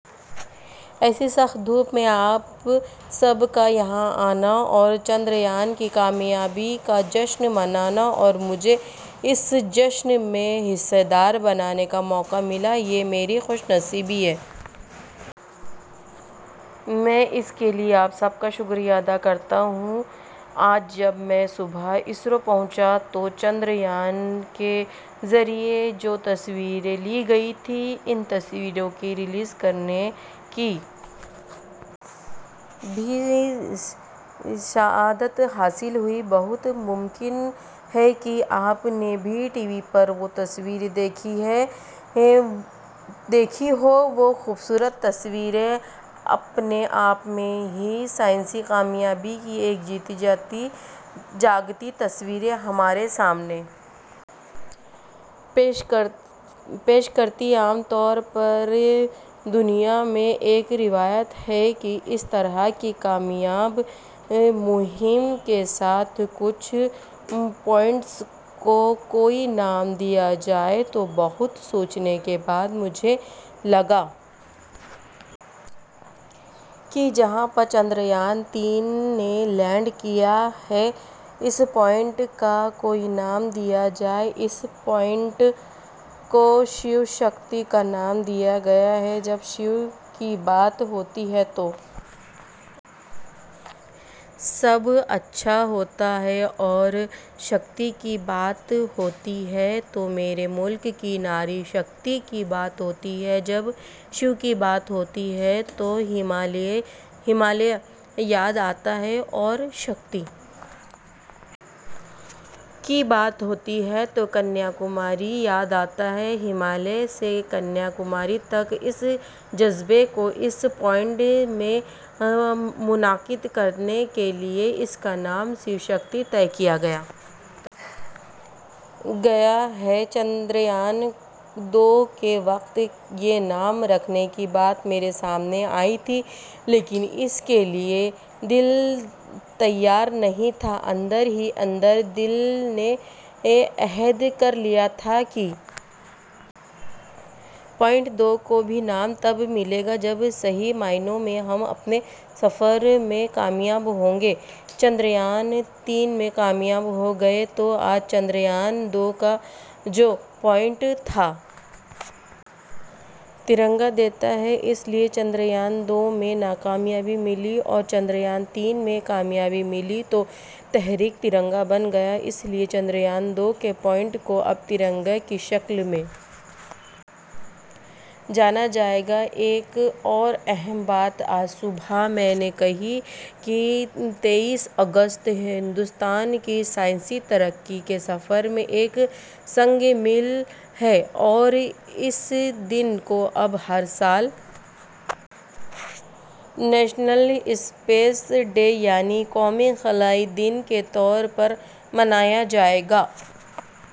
ایسی سخت دھوپ میں آپ سب کا یہاں آنا اور چندریان کی کامیابی کا جشن منانا اور مجھے بھی اس جشن میں حصہ دار بننے کا موقع ملا یہ میری خوش نصیبی ہے میں اس کے لیے آپ سب کا شکریہ ادا کرتا ہوں آج جب میں صبح اسرو پہنچا تھا تو چندریان کے ذریعے جو تصویریں لی گئی تھیں ان تصویروں کو ریلیز کرنے کی بھی سعادت حاصل ہوئی بہت ممکن ہے کہ آپ نے بھی ٹی وی پر وہ تصویریں دیکھی ہوں وہ خوبصورت تصویریں اپنے آپ میں سائنسی کامیابی کی ایک جیتی جاگتی تصویر ہمارے سامنے پیش کرتی ہیں عام طور پر دنیا میں ایک روایت ہے کہ اس طرح کی کامیاب مہم کے ساتھ کچھ پوائنٹس کو کوئی نام دیا جائے تو بہت سوچنے کے بعد مجھے لگا کہ جہاں پر چندریان تین نے لینڈ کیا ہے اس پوائنٹ کو ایک نام دیا جائے اس پوائنٹ کو شیو شکتی کا نام دیا گیا ہے جب شیو کی بات ہوتی ہے تو سب اچھا ہوتا ہے اور شکتی کی بات ہوتی ہے تو میرے ملک کی ناری شکتی کی بات ہوتی ہے جب شیو کی بات ہوتی ہے تو ہمالیہ یاد آتا ہے اور شکتی کی بات ہوتی ہے تو کنیا کماری یاد آتا ہے ہمالیہ سے کنیا کماری تک کے اس جذبے کو اس پوائنٹ میں منعکس کرنے کے لیے اس کا نام شیو شکتی طے کیا گیا ہے چندریان دو کے وقت یہ نام رکھنے کی بات میرے سامنے آئی تھی لیکن اس کے لیے دل تیار نہیں تھا اندر ہی اندر دل نے عہد کر لیا تھا کہ پوائنٹ دو کو بھی نام تب ملے گا جب صحیح معنوں میں ہم اپنے سفر میں کامیاب ہوں گے چندریان تین میں کامیاب ہو گئے تو آج چندریان دو کا جو پوائنٹ تھا ترنگا دیتا ہے اس لیے چندریان دو میں ناکامی ملی اور چندریان تین میں کامیابی ملی تو تحریک ترنگا بن گیا اس لیے چندریان دو کے پوائنٹ کو اب ترنگا کی شکل میں جانا جائے گا ایک اور اہم بات آج صبح میں نے کہی ہے تئیس اگست ہندوستان کی سائنسی ترقی کے سفر میں ایک سنگ میل ہے اور اس دن کو اب ہر سال نیشنل اسپیس ڈے یعنی قومی خلائی دن کے طور پر منایا جائے گا